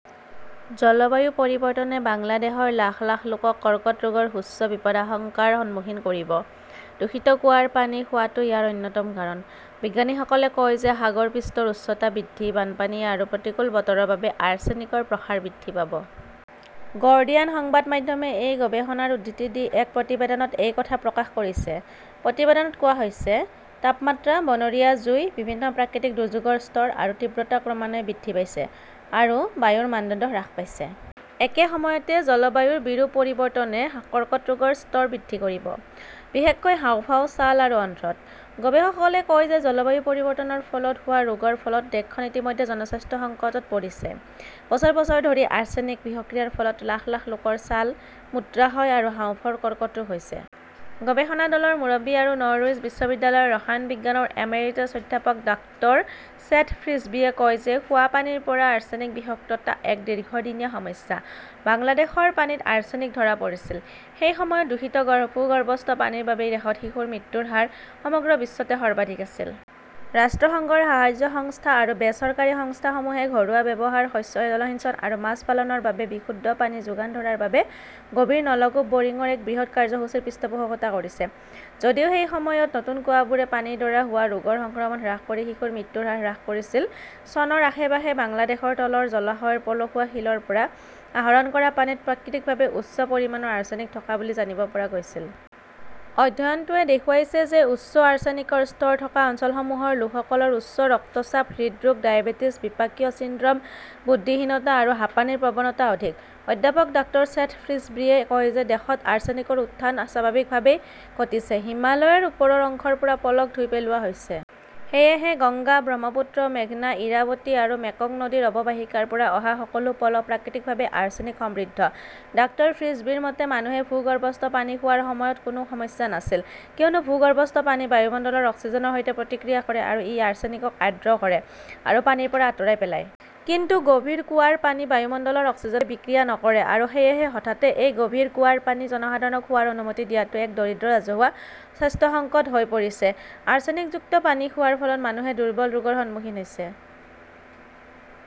জলবায়ু পৰিৱৰ্তনে বাংলাদেশৰ লাখ লাখ লোকক কৰ্কট ৰোগৰ উচ্চ বিপদাশংকাৰ সন্মুখীন কৰিব। দূষিত কুঁৱাৰ পানী খোৱাটো ইয়াৰ অন্যতম কাৰণ। বিজ্ঞানীসকলে কয় যে সাগৰ পৃষ্ঠৰ উচ্চতা বৃদ্ধি, বানপানী আৰু প্ৰতিকূল বতৰৰ বাবে আৰ্ছেনিকৰ প্ৰসাৰ বৃদ্ধি পাব। গৰ্ডিয়ান সংবাদ মাধ্যমে এই গৱেষণাৰ উদ্ধৃতি দি এক প্ৰতিবেদনত এই কথা প্ৰকাশ কৰিছে। প্ৰতিবেদনত কোৱা হৈছে। তাপমাত্ৰা, বনৰীয়া জুই, বিভিন্ন প্ৰাকৃতিক দুৰ্যোগৰ স্তৰ আৰু তীব্ৰতা ক্ৰমান্বয়ে বৃদ্ধি পাইছে, আৰু বায়ুৰ মানদণ্ড হ্ৰাস পাইছে। একে সময়তে জলবায়ুৰ বিৰূপ পৰিৱৰ্তনে কৰ্কট ৰোগৰ স্তৰ বৃদ্ধি কৰিব, বিশেষকৈ হাঁওফাঁও, ছাল আৰু অন্ত্ৰত। গৱেষকসকলে কয় যে জলবায়ু পৰিৱৰ্তনৰ ফলত হোৱা ৰোগৰ ফলত দেশখন ইতিমধ্যে জনস্বাস্থ্য সংকটত পৰিছে। বছৰ বছৰ ধৰি আৰ্ছেনিক বিষক্ৰিয়াৰ ফলত লাখ লাখ লোকৰ ছাল, মূত্ৰাশয় আৰু হাঁওফাঁওৰ কৰ্কট ৰোগ হৈছে। গৱেষণা দলৰ মুৰব্বী আৰু নৰউইচ বিশ্ববিদ্যালয়ৰ ৰসায়ন বিজ্ঞানৰ এমিৰিটাছ অধ্যাপক ডাক্তৰ ছেথ ফ্ৰিছবিয়ে কয় যে খোৱা পানীৰ পৰা আৰ্ছেনিক বিষাক্ততা এক দীৰ্ঘদিনীয়া সমস্যা। বাংলাদেশৰ পানীত আৰ্ছেনিক ধৰা পৰিছিল। সেই সময়ত দূষিত ভূগৰ্ভস্থ পানীৰ বাবে দেশত শিশুৰ মৃত্যুৰ হাৰ সমগ্ৰ বিশ্বতে সৰ্বাধিক আছিল। ৰাষ্ট্ৰসংঘৰ সাহায্য সংস্থা আৰু বেচৰকাৰী সংস্থাসমূহে ঘৰুৱা ব্যৱহাৰ, শস্য জলসিঞ্চন আৰু মাছ পালনৰ বাবে বিশুদ্ধ পানী যোগান ধৰাৰ বাবে গভীৰ নলকূপ বৰিংৰ এক বৃহৎ কাৰ্যসূচীৰ পৃষ্ঠপোষকতা কৰিছে। যদিও সেই সময়ত নতুন কুঁৱাবোৰে পানীৰ দ্বাৰা হোৱা ৰোগৰ সংক্ৰমণ হ্ৰাস কৰি শিশুৰ মৃত্যুৰ হাৰ হ্ৰাস কৰিছিল, চনৰ আশে-পাশে বাংলাদেশৰ তলৰ জলাশয়ৰ পলসুৱা শিলৰ পৰা আহৰণ কৰা পানীত প্ৰাকৃতিকভাৱে উচ্চ পৰিমাণৰ আৰ্ছেনিক থকা বুলি জানিব পৰা গৈছিল। অধ্যয়নটোৱে দেখুৱাইছে যে উচ্চ আৰ্ছেনিকৰ স্তৰ থকা অঞ্চলসমূহৰ লোকসকলৰ উচ্চ ৰক্তচাপ, হৃদৰোগ, ডায়েবেটিছ, বিপাকীয় চিনড্ৰম, বুদ্ধিহীনতা আৰু হাঁপানিৰ প্ৰৱণতা অধিক। অধ্যাপক ডক্টৰ ছেথ ফ্ৰিছবিয়ে কয় যে দেশত আৰ্ছেনিকৰ উত্থান স্বাভাৱিকভাৱেই ঘটিছে। হিমালয়ৰ ওপৰৰ অংশৰ পৰা পলস ধুই পেলোৱা হৈছে। সেয়েহে গংগা, ব্ৰহ্মপুত্ৰ, মেঘনা, ইৰাবতী আৰু মেকং নদীৰ অৱবাহিকাৰ পৰা অহা সকলো পলস প্ৰাকৃতিকভাৱে আৰ্ছেনিক সমৃদ্ধ। ডাক্তৰ ফ্ৰিছবীৰ মতে, মানুহে ভূগৰ্ভস্থ পানী খোৱাৰ সময়ত কোনো সমস্যা নাছিল, কিয়নো ভূগৰ্ভস্থ পানী বায়ুমণ্ডলৰ অক্সিজেনৰ সৈতে প্ৰতিক্ৰিয়া কৰে আৰু ই আৰ্ছেনিকক আৰ্দ্ৰ কৰে আৰু পানীৰ পৰা আঁতৰাই পেলায়। কিন্তু গভীৰ কুঁৱাৰ পানী বায়ুমণ্ডলৰ অক্সিজেনৰ সৈতে বিক্ৰিয়া নকৰে। আৰু সেয়েহে হঠাতে এই গভীৰ কুঁৱাৰ পানী জনসাধাৰণক খোৱাৰ অনুমতি দিয়াটো এক দৰিদ্ৰ ৰাজহুৱা স্বাস্থ্য সংকট হৈ পৰিছে। আৰ্ছেনিকযুক্ত পানী খোৱাৰ ফলত মানুহে দুৰ্বল ৰোগৰ সন্মুখীন হৈছে।